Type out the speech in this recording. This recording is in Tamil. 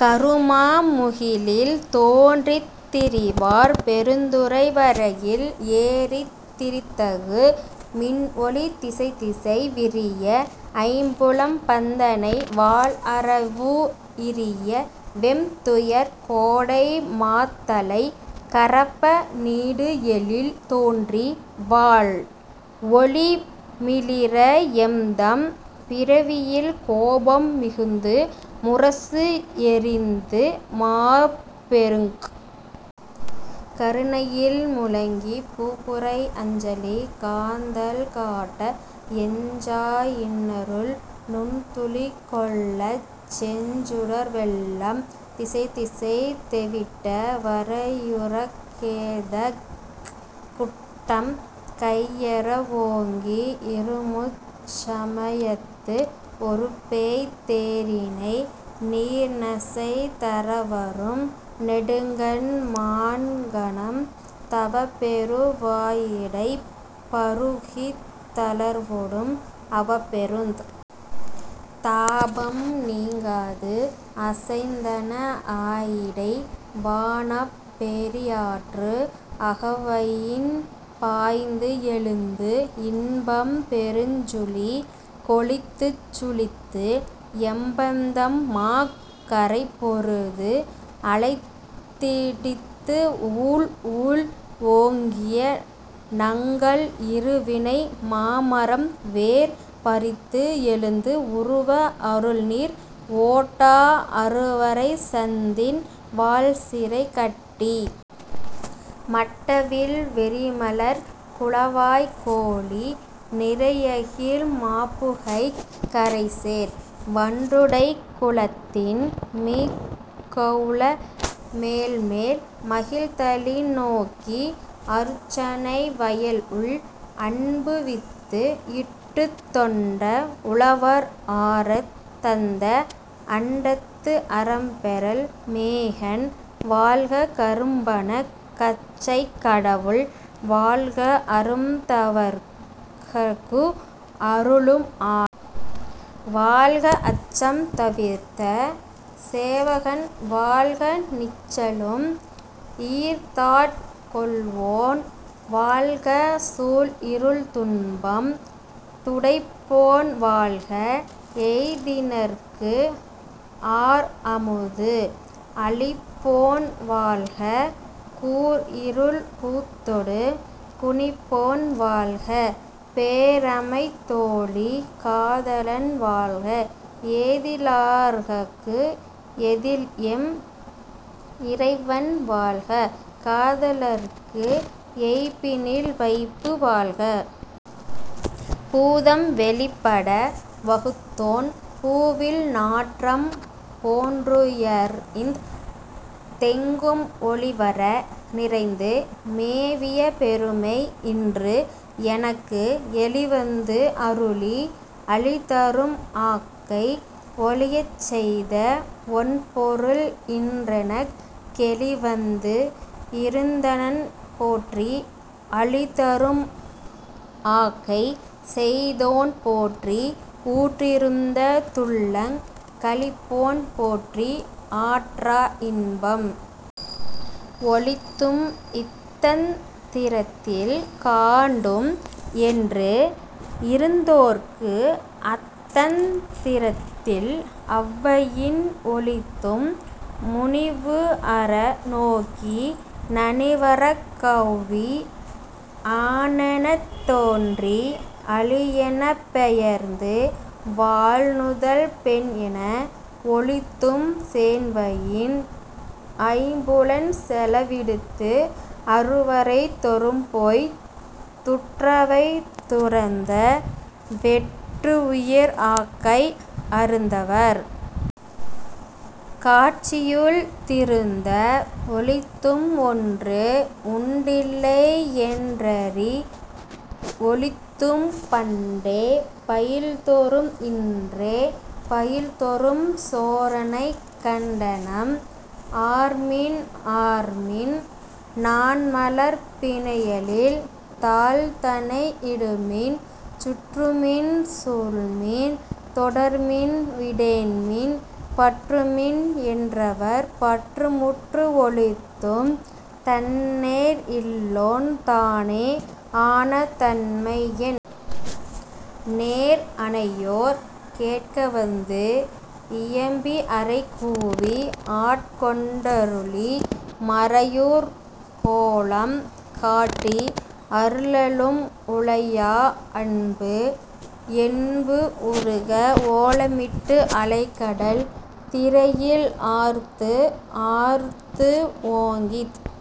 கருமா முகிலில் தோன்றித் திருவார் பெருந்துறை வரையில் ஏறித் திருத்தகு மின்ஒளி திசைதிசை விரிய ஐம்புலம் பந்தனை வாள்அரவு இரிய வெம் துயர் கோடை மாத்தலை கரப்ப நீடு எழில் தோன்றி வாள் ஒளி மிளிர எம்தம் பிறவியில் கோபம் மிகுந்து முரசு ஏறிந்து மாப்பெருங் கருணையில் முழங்கிப் பூப்புரை அஞ்சலி காந்தள் காட்ட எஞ்சா இன்னருள் நுண்துளி கொள்ளச் செஞ்சுடர் வெள்ளம் திசைதிசை தெவிட்ட வரையுறக் கேதக் குட்டம் கையற வோங்கி இருமுச் சமயத்து ஒரு பேய்த் தேரினை நீர்நசை தரவரும் நெடுங்கண் மான்கணம் தவப்பெரு வாயிடைப் பருகித் தளர்வொடும் அவப்பெருந் தாபம் நீங்காது அசைந்தன ஆயிடை வானப் பேரியாற்று அகவயின் பாய்ந்து எழுந்து இன்பம் பெருஞ்சுழி கொழித்துச் சுழித்து எம்பந்தம் மாக் கரைபொருது அலைத்திடித்து ஊழ் ஊழ் ஓங்கிய நங்கள் இருவினை மாமரம் வேர் பறித்து எழுந்து உருவ அருள்நீர் ஓட்டா அருவரைச் சந்தின் வான்சிறை கட்டி மட்டவிழ் வெறிமலர்க் குளவாய் கோலி நிறையகில் மாப்புகைக் கரைசேர் வண்டுடைக் குளத்தின் மீக்கொள மேல்மேல் மகிழ்தலின் நோக்கி அருச்சனை வயல் உள் அன்புவித்து இட்டுத் தொண்ட உழவர் ஆரத் தந்த அண்டத்து அரும்பெறல் மேகன் வாழ்க கரும்பணக் கச்சைக் கடவுள் வாழ்க அரும்தவர்ககு அருளும் ஆதி வாழ்க அச்சம் தவிர்த்த சேவகன் வாழ்க நிச்சலும் ஈர்த்தாட் கொள்வோன் வாழ்க சூழ்இருள் துன்பம் துடைப்போன் வாழ்க எய்தினர்க்கு ஆர்அமுது அளிப்போன் வாழ்க கூர்இருள் கூத்தொடு குனிப்போன் வாழ்க பேர்அமைத் தோளி காதலன் வாழ்க ஏதிலார்ககு ஏதில்எம் இறைவன் வாழ்க காதலர்க்கு எய்ப்பினில் வைப்பு வாழ்க பூதம் வெளிப்பட வகுத்தோன் பூவில் நாற்றம் போன்றுயர்ந் தெங்கும் ஒழிவற நிறைந்து மேவிய பெருமை இன்று எனக்கு எளிவந்து அருளி அழிதரும் ஆக்கை ஒழியச்செய்த ஒண்பொருள் இன்றெனக் கெளிவந்து இருந்தனன் போற்றி அளிதரும் ஆக்கை செய்தோன் போற்றி ஊற்றிருந்த துள்ளங் களிப்போன் போற்றி ஆற்றா இன்பம் ஒளித்தும் இத்தந் திரத்தில் காண்டும் என்று இருந்தோர்க்கு அத்தந் திரத்தில் அவ்வயின் ஒளித்தும் முனிவு அற நோக்கி நனிவரக் கௌவி ஆணெனத் தோன்றி அலியெனப் பெயர்ந்து வாள்நுதல் பெண்என ஒளித்தும் சேண்வயின் ஐம்புலன் செலவிடுத்து அருவரை தொறும்போய்த் துற்றவை துறந்த வெற்று உயிர் ஆக்கை அருந்தவர் காட்சியுள் திருந்த ஒளித்தும் ஒன்று உண்டில்லை யென்றறி வொளித்தும் பண்டே பயில்தொறும் இன்றே பயில்தொறும் சோரனைக் கண்டனம் ஆர்மின் ஆர்மின் நாண்மலர்ப் பிணையலில் தாள்தனை இடுமின் சுற்றுமின் சூழ்மின் தொடர்மின் விடேன்மின் பற்றுமின் என்றவர் பற்றுமுற்று ஒளித்தும் தன்நேர் இல்லோன் தானே ஆன தன்மை என் நேர் அனையோர் கேட்கவந்து இயம்பி அறைகூவி ஆட்கொண்டருளி மறையோர் கோலம் காட்டி அருளலும் உலையா அன்பு என்பு உருக ஓலமிட்டு அலைகடல் திரையில் ஆர்த்து ஆர்த்து ஓங்கித்